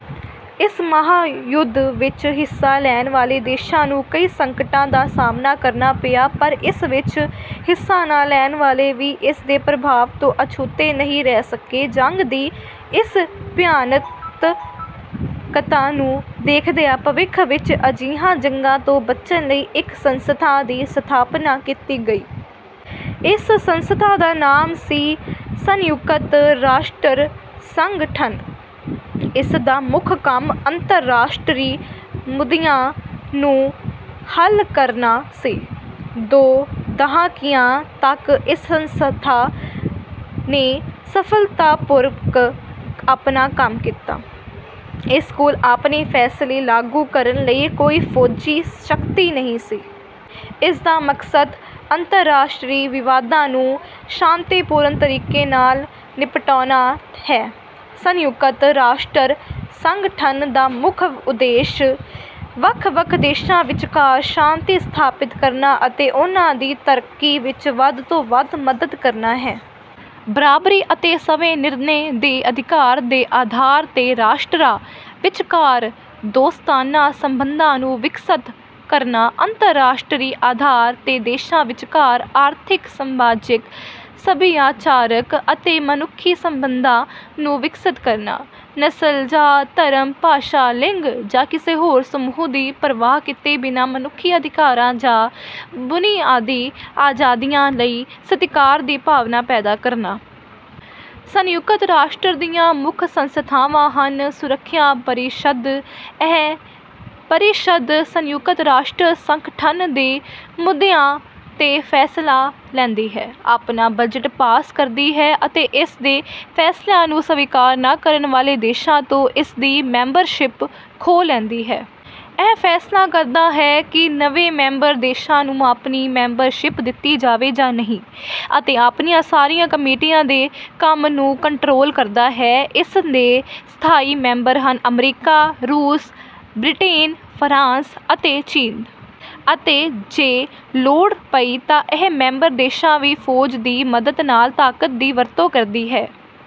ਇਸ ਮਹਾਯੁੱਧ ਵਿੱਚ ਹਿੱਸਾ ਲੈਣ ਵਾਲੇ ਦੇਸ਼ਾਂ ਨੂੰ ਕਈ ਸੰਕਟਾਂ ਦਾ ਸਾਹਮਣਾ ਕਰਨਾ ਪਿਆ। ਪਰ ਇਸ ਵਿੱਚ ਹਿੱਸਾ ਨਾ ਲੈਣ ਵਾਲੇ ਵੀ ਇਸ ਦੇ ਪ੍ਰਭਾਵ ਤੋਂ ਅਛੂਤੇ ਨਹੀਂ ਰਹਿ ਸਕੇ। ਜੰਗ ਦੀ ਇਸ ਭਿਆਨਕਤਾ ਨੂੰ ਦੇਖਦਿਆਂ ਭਵਿੱਖ ਵਿੱਚ ਅਜਿਹੀਆਂ ਜੰਗਾਂ ਤੋਂ ਬਚਣ ਲਈ ਇੱਕ ਸੰਸਥਾ ਦੀ ਸਥਾਪਨਾ ਕੀਤੀ ਗਈ। ਇਸ ਸੰਸਥਾ ਦਾ ਨਾਮ ਸੀ – ਸੰਯੁਕਤ ਰਾਸ਼ਟਰ ਸੰਗਠਨ। ਇਸ ਦਾ ਮੁੱਖ ਕੰਮ ਅੰਤਰਰਾਸ਼ਟਰੀ ਮੁੱਦਿਆਂ ਨੂੰ ਹੱਲ ਕਰਨਾ ਸੀ। ਦੋ ਦਹਾਕਿਆਂ ਤੱਕ ਇਸ ਸੰਸਥਾ ਨੇ ਸਫਲਤਾਪੂਰਵਕ ਆਪਣਾ ਕੰਮ ਕੀਤਾ। ਇਸ ਕੋਲ ਆਪਣੇ ਫੈਸਲੇ ਲਾਗੂ ਕਰਨ ਲਈ ਕੋਈ ਫੌਜੀ ਸ਼ਕਤੀ ਨਹੀਂ ਸੀ। ਇਸ ਦਾ ਮਕਸਦ ਅੰਤਰਰਾਸ਼ਟਰੀ ਵਿਵਾਦਾਂ ਨੂੰ ਸ਼ਾਂਤੀਪੂਰਨ ਤਰੀਕੇ ਨਾਲ ਨਿਪਟਾਉਣਾ ਹੈ। ਸੰਯੁਕਤ ਰਾਸ਼ਟਰ ਸੰਗਠਨ ਦਾ ਮੁੱਖ ਉਦੇਸ਼ ਵੱਖ-ਵੱਖ ਦੇਸ਼ਾਂ ਵਿਚਕਾਰ ਸ਼ਾਂਤੀ ਸਥਾਪਿਤ ਕਰਨਾ ਅਤੇ ਉਨ੍ਹਾਂ ਦੀ ਤਰੱਕੀ ਵਿਚ ਵੱਧ ਤੋਂ ਵੱਧ ਮਦਦ ਕਰਨਾ ਹੈ। ਬਰਾਬਰੀ ਅਤੇ ਸਵੈ-ਨਿਰਣੇ ਦੇ ਅਧਿਕਾਰ ਦੇ ਆਧਾਰ 'ਤੇ ਰਾਸ਼ਟਰਾਂ ਵਿਚਕਾਰ ਦੋਸਤਾਨਾ ਸਬੰਧਾਂ ਨੂੰ ਵਿਕਸਿਤ ਕਰਨਾ। ਅੰਤਰਰਾਸ਼ਟਰੀ ਆਧਾਰ 'ਤੇ ਦੇਸ਼ਾਂ ਵਿਚਕਾਰ ਆਰਥਿਕ, ਸਮਾਜਿਕ, ਸੱਭਿਆਚਾਰਕ ਅਤੇ ਮਨੁੱਖੀ ਸਬੰਧਾਂ ਨੂੰ ਵਿਕਸਿਤ ਕਰਨਾ। ਨਸਲ, ਜਾਤ, ਧਰਮ, ਭਾਸ਼ਾ, ਲਿੰਗ ਜਾਂ ਕਿਸੇ ਹੋਰ ਸਮੂਹ ਦੀ ਪਰਵਾਹ ਕੀਤੇ ਬਿਨਾਂ ਮਨੁੱਖੀ ਅਧਿਕਾਰਾਂ ਜਾਂ ਬੁਨਿਆਦੀ ਆਜ਼ਾਦੀਆਂ ਲਈ ਸਤਿਕਾਰ ਦੀ ਭਾਵਨਾ ਪੈਦਾ ਕਰਨਾ। ਸੰਯੁਕਤ ਰਾਸ਼ਟਰ ਦੀਆਂ ਮੁੱਖ ਸੰਸਥਾਵਾਂ ਹਨ- ਸੁਰੱਖਿਆ ਪਰਿਸ਼ਦ– ਇਹ ਪਰਿਸ਼ਦ ਸੰਯੁਕਤ ਰਾਸ਼ਟਰ ਸੰਗਠਨ ਦੇ ਮੁੱਦਿਆਂ 'ਤੇ ਫੈਸਲਾ ਲੈਂਦੀ ਹੈ, ਆਪਣਾ ਬਜਟ ਪਾਸ ਕਰਦੀ ਹੈ ਅਤੇ ਇਸ ਦੇ ਫੈਸਲਿਆਂ ਨੂੰ ਸਵੀਕਾਰ ਨਾ ਕਰਨ ਵਾਲੇ ਦੇਸ਼ਾਂ ਤੋਂ ਇਸ ਦੀ ਮੈਂਬਰਸ਼ਿਪ ਖੋਹ ਲੈਂਦੀ ਹੈ। ਇਹ ਫੈਸਲਾ ਕਰਦਾ ਹੈ ਕਿ ਨਵੇਂ ਮੈਂਬਰ ਦੇਸ਼ਾਂ ਨੂੰ ਆਪਣੀ ਮੈਂਬਰਸ਼ਿਪ ਦਿੱਤੀ ਜਾਵੇ ਜਾਂ ਨਹੀਂ। ਅਤੇ ਆਪਣੀਆਂ ਸਾਰੀਆਂ ਕਮੇਟੀਆਂ ਦੇ ਕੰਮ ਨੂੰ ਕੰਟਰੋਲ ਕਰਦਾ ਹੈ। ਇਸ ਦੇ ਸਥਾਈ ਮੈਂਬਰ ਹਨ – ਅਮਰੀਕਾ, ਰੂਸ, ਬ੍ਰਿਟੇਨ, ਫਰਾਂਸ ਅਤੇ ਚੀਨ। ਅਤੇ ਜੇ ਲੋੜ ਪਈ ਤਾਂ ਇਹ ਮੈਂਬਰ ਦੇਸ਼ਾਂ ਦੀ ਫੌਜ ਦੀ ਮਦਦ ਨਾਲ ਤਾਕਤ ਦੀ ਵਰਤੋਂ ਕਰਦੀ ਹੈ।